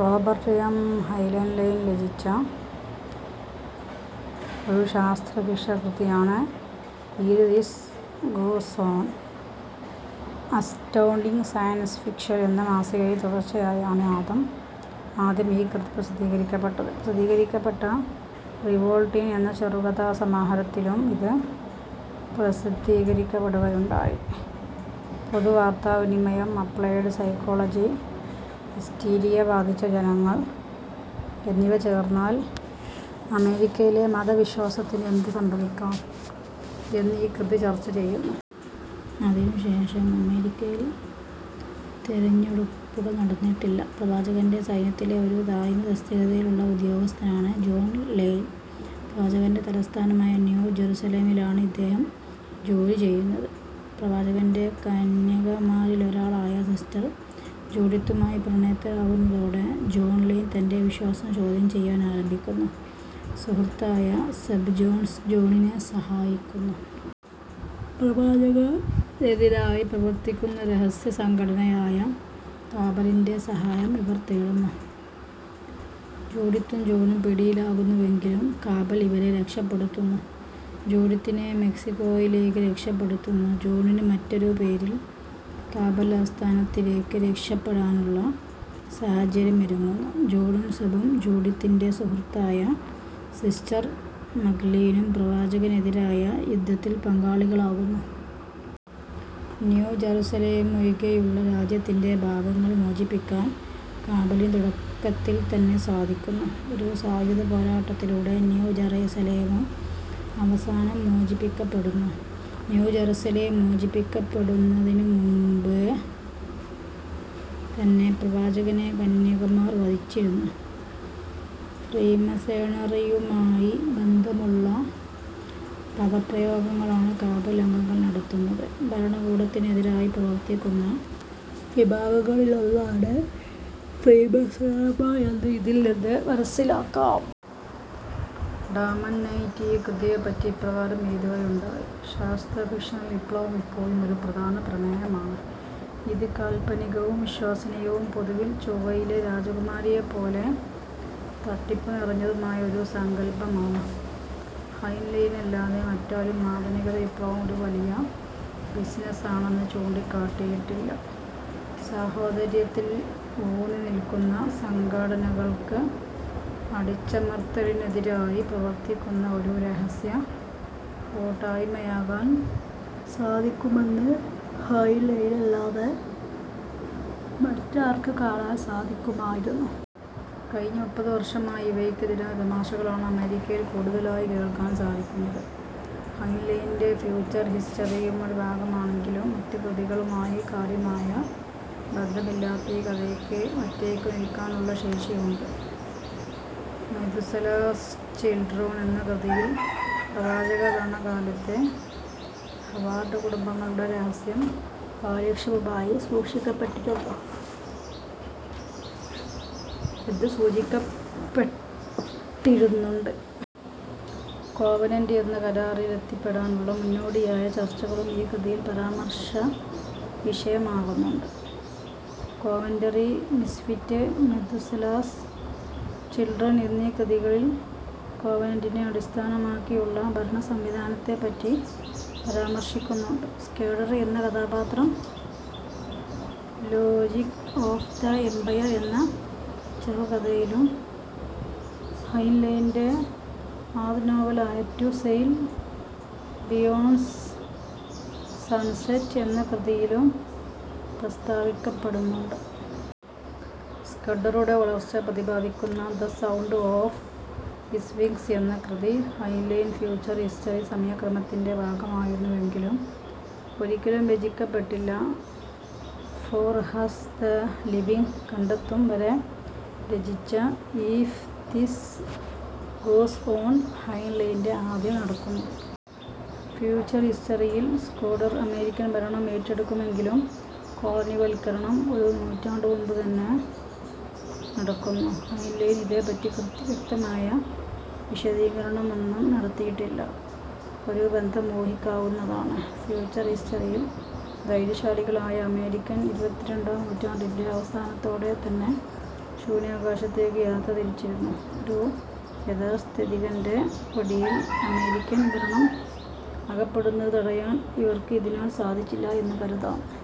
Robert A. Heinlein രചിച്ച ഒരു ശാസ്ത്ര ഫിക്ഷൻ കൃതിയാണ് " if this goes on ". Astounding science fiction എന്ന മാസികയിൽ തുടർച്ചയായാണ് ആദ്യം ഈ കൃതി പ്രസിദ്ധീകരിക്കപ്പെട്ടത്. പ്രസിദ്ധീകരിക്കപ്പെട്ട റിവോൾട്ട് ഇൻ എന്ന ചെറുകഥാസമാഹാരത്തിലും ഇത് പ്രസിദ്ധീകരിക്കപ്പെടുകയുണ്ടായി. പൊതു വാർത്താവിനിമയം, അപ്ലൈഡ് സൈക്കോളജി, ഹിസ്റ്റീരിയ ബാധിച്ച ജനങ്ങൾ എന്നിവ ചേർന്നാൽ അമേരിക്കയിലെ മത വിശ്വാസത്തിന് എന്ത് സംഭവിക്കാം എന്ന് ഈ കൃതി ചർച്ച ചെയ്യുന്നു. അതിനു ശേഷം അമേരിക്കയിൽ തിരഞ്ഞെടുപ്പുകൾ നടന്നിട്ടില്ല. പ്രവാചകന്റെ സൈന്യത്തിലെ ഒരു താഴ്ന്ന തസ്തികയിലുള്ള ഉദ്യോഗസ്ഥനാണ് ജോൺ ലൈൽ. പ്രവാചകന്റെ തലസ്ഥാനമായ ന്യൂ ജെറുസലേമിലാണ് ഇദ്ദേഹം ജോലി ചെയ്യുന്നത്. പ്രവാചകന്റെ കന്യകമാരിലൊരാളായ സിസ്റ്റർ ജൂഡിത്തുമായി പ്രണയത്തിലാകുന്നതോടെ ജോൺ ലൈൽ തന്റെ വിശ്വാസം ചോദ്യം ചെയ്യാൻ ആരംഭിക്കുന്നു. സുഹൃത്തായ സെബ് ജോൺസ് ജോണിനെ സഹായിക്കുന്നു. പ്രവാചകനെതിരായി പ്രവർത്തിക്കുന്ന രഹസ്യ സംഘടനയായ " കാബലിന്റെ " സഹായം ഇവർ തേടുന്നു. ജൂഡിത്തും ജോണും പിടിയിലാകുന്നുവെങ്കിലും കാബൽ ഇവരെ രക്ഷപെടുത്തുന്നു. ജൂഡിത്തിനെ മെക്സിക്കോയിലേയ്ക്ക് രക്ഷപെടുത്തുന്നു. ജോണിന് മറ്റൊരു പേരിൽ കാബൽ ആസ്ഥാനത്തിലേയ്ക്ക് രക്ഷപെടാനുള്ള സാഹചര്യമൊരുങ്ങുന്നു. ജോണും സെബും ജൂഡിത്തിന്റെ സുഹൃത്തായ സിസ്റ്റർ മഗ്ദലീനും പ്രവാചകനെതിരായ യുദ്ധത്തിൽ പങ്കാളികളാകുന്നു. ന്യൂ ജറുസലേമൊഴികെയുള്ള രാജ്യത്തിന്റെ ഭാഗങ്ങൾ മോചിപ്പിക്കാൻ കാബലിന് തുടക്കത്തിൽ തന്നെ സാധിക്കുന്നു. ഒരു സായുധ പോരാട്ടത്തിലൂടെ ന്യൂ ജറുസലേമും അവസാനം മോചിപ്പിക്കപ്പെടുന്നു. ന്യൂ ജറുസലേം മോചിപ്പിക്കപ്പെടുന്നതിനു മുൻപേ തന്നെ പ്രവാചകനെ കന്യകമാർ വധിച്ചിരുന്നു. ഫ്രീമേസണറിയുമായി ബന്ധമുള്ള പദപ്രയോഗങ്ങളാണ് കാബൽ അംഗങ്ങൾ നടത്തുന്നത്. ഭരണകൂടത്തിനെതിരായി പ്രവർത്തിക്കുന്ന വിഭാഗങ്ങളിലൊന്നാണ് ഫ്രീമേസണ്മാർ എന്ന് ഇതിൽ നിന്ന് മനസ്സിലാക്കാം. ഡാമൺ നൈറ്റ് ഈ കൃതിയെപ്പറ്റി ഇപ്രകാരം എഴുതുകയുണ്ടായി: ശാസ്ത്രഫിക്ഷനിൽ വിപ്ലവം എപ്പോഴും ഒരു പ്രധാന പ്രമേയമാണ്. ഇത് കാല്പനികകവും വിശ്വസനീയവും പൊതുവിൽ ചൊവ്വയിലെ രാജകുമാരിമാരെപ്പോലെ തട്ടിപ്പുനിറഞ്ഞതുമായ ഒരു സങ്കൽപ്പമാണ്. ഹൈൻലൈനല്ലാതെ മറ്റാരും ആധുനിക വിപ്ലവം ഒരു വലിയ ബിസിനസാണെന്ന് ചൂണ്ടിക്കാട്ടിയിട്ടില്ല. സാഹോദര്യത്തിൽ ഊന്നിനിൽക്കുന്ന സംഘടനകൾക്ക് അടിച്ചമർത്തലിനെതിരായി പ്രവർത്തിക്കുന്ന ഒരു രഹസ്യ കൂട്ടായ്മയാകാൻ സാധിക്കുമെന്ന് ഹൈൻലൈനല്ലാതെ മറ്റാർക്ക് കാണാൻ സാധിക്കുമായിരുന്നു? കഴിഞ്ഞ മുപ്പത് വർഷമായി ഇവയ്ക്കെതിരായ തമാശകളാണ് അമേരിക്കയിൽ കൂടുതലായി കേൾക്കാൻ സാധിക്കുന്നത്. ഹൈൻലൈന്റെ ഫ്യൂച്ചർ ഹിസ്റ്ററിയുറ്റെ ഭാഗമാണെങ്കിലും മറ്റ് കൃതികളുമായി കാര്യമായ ബന്ധമില്ലാത്ത ഈ കഥയ്ക്ക് ഒറ്റയ്ക്കുനിൽക്കാനുള്ള ശേഷിയുണ്ട്. മെതുസലാസ് ചിൽഡ്രൺ എന്ന കൃതിയിൽ പ്രവാചകഭരണകാലത്ത് ഹൊവാർഡ് കുടുംബങ്ങളുടെ രഹസ്യം കാര്യക്ഷമമായി സൂക്ഷിക്കപ്പെട്ടിരുന്നു എന്ന് സൂചിപ്പിക്കപ്പെട്ടിരുന്നുണ്ട്. കോവനന്റ് എന്ന കരാറിലെത്തിപ്പെടാനുള്ള മുന്നോടിയായ ചർച്ചകളും ഈ കൃതിയിൽ പരാമർശവിഷയമാകുന്നുണ്ട്. " കോവന്ററി "," മിസ്ഫിറ്റ് ", മെതുസലാസ് ചിൽഡ്രൺ എന്നീ കൃതികളിൽ കോവനന്റിനെ അടിസ്ഥാനമാക്കിയുള്ള ഭരണസംവിധാനത്തെപ്പറ്റി പരാമർശിക്കുന്നുണ്ട്. സ്കഡർ എന്ന കഥാപാത്രം " ലോജിക് ഓഫ് ദ എമ്പയർ " എന്ന ചെറുകഥയിലും ഹൈൻലൈന്റെ ആദ്യ നോവലായ റ്റു സെയിൽ ബിയോൺഡ് സൺസെറ്റ് എന്ന കൃതിയിലും പ്രസ്താവിക്കപ്പെടുന്നുണ്ട്. സ്കഡറുടെ വളർച്ച പ്രതിപാദിക്കുന്ന " the sound of his wings " എന്ന കൃതി ഹൈൻലൈന്റെ ഫ്യൂച്ചർ ഹിസ്റ്ററി സമയക്രമത്തിന്റെ ഭാഗമായിരുന്നുവെങ്കിലും ഒരിക്കലും രചിക്കപ്പെട്ടില്ല. ഫോർ അസ്, ദ ലിവിംഗ് കണ്ടെത്തും വരെ രചിച്ച ഈഫ് ദിസ് ഗോസ് ഓൺ ഹൈൻലൈന്റെ ആദ്യം നടക്കു. ഫ്യൂച്ചർ ഹിസ്റ്ററിയിൽ സ്കഡർ അമേരിക്കൻ ഭരണം ഏറ്റെടുക്കുമെങ്കിലും കോളനിവൽക്കരണം ഒരു നൂറ്റാണ്ടു മുന്നേതന്നെ നടക്കുന്നു. ഹൈൻലൈൻ ഇതേപ്പറ്റി വ്യക്തമായ വിശദീകരണമൊന്നും നടത്തിയിട്ടില്ല. ഒരു ബന്ധം ഊഹിക്കാവുന്നതാണ്: ഫ്യൂച്ചർ ഹിസ്റ്ററിയിൽ ധൈര്യശാലികളായ അമേരിക്കക്കാർ ഇരുപതാം നൂറ്റാണ്ടിന്റെ അവസാനത്തോടെതന്നെ ശൂന്യാകാശത്തേയ്ക്ക് യാത്ര തിരിച്ചിരുന്നു. ഒരു യാഥാസ്ഥിതികന്റെ പിടിയിൽ അമേരിക്കൻ ഭരണം അകപ്പെടുന്നത് തടയാൻ ഇവർക്ക് ഇതിനാൽ സാധിച്ചില്ല എന്ന് കരുതാം. ".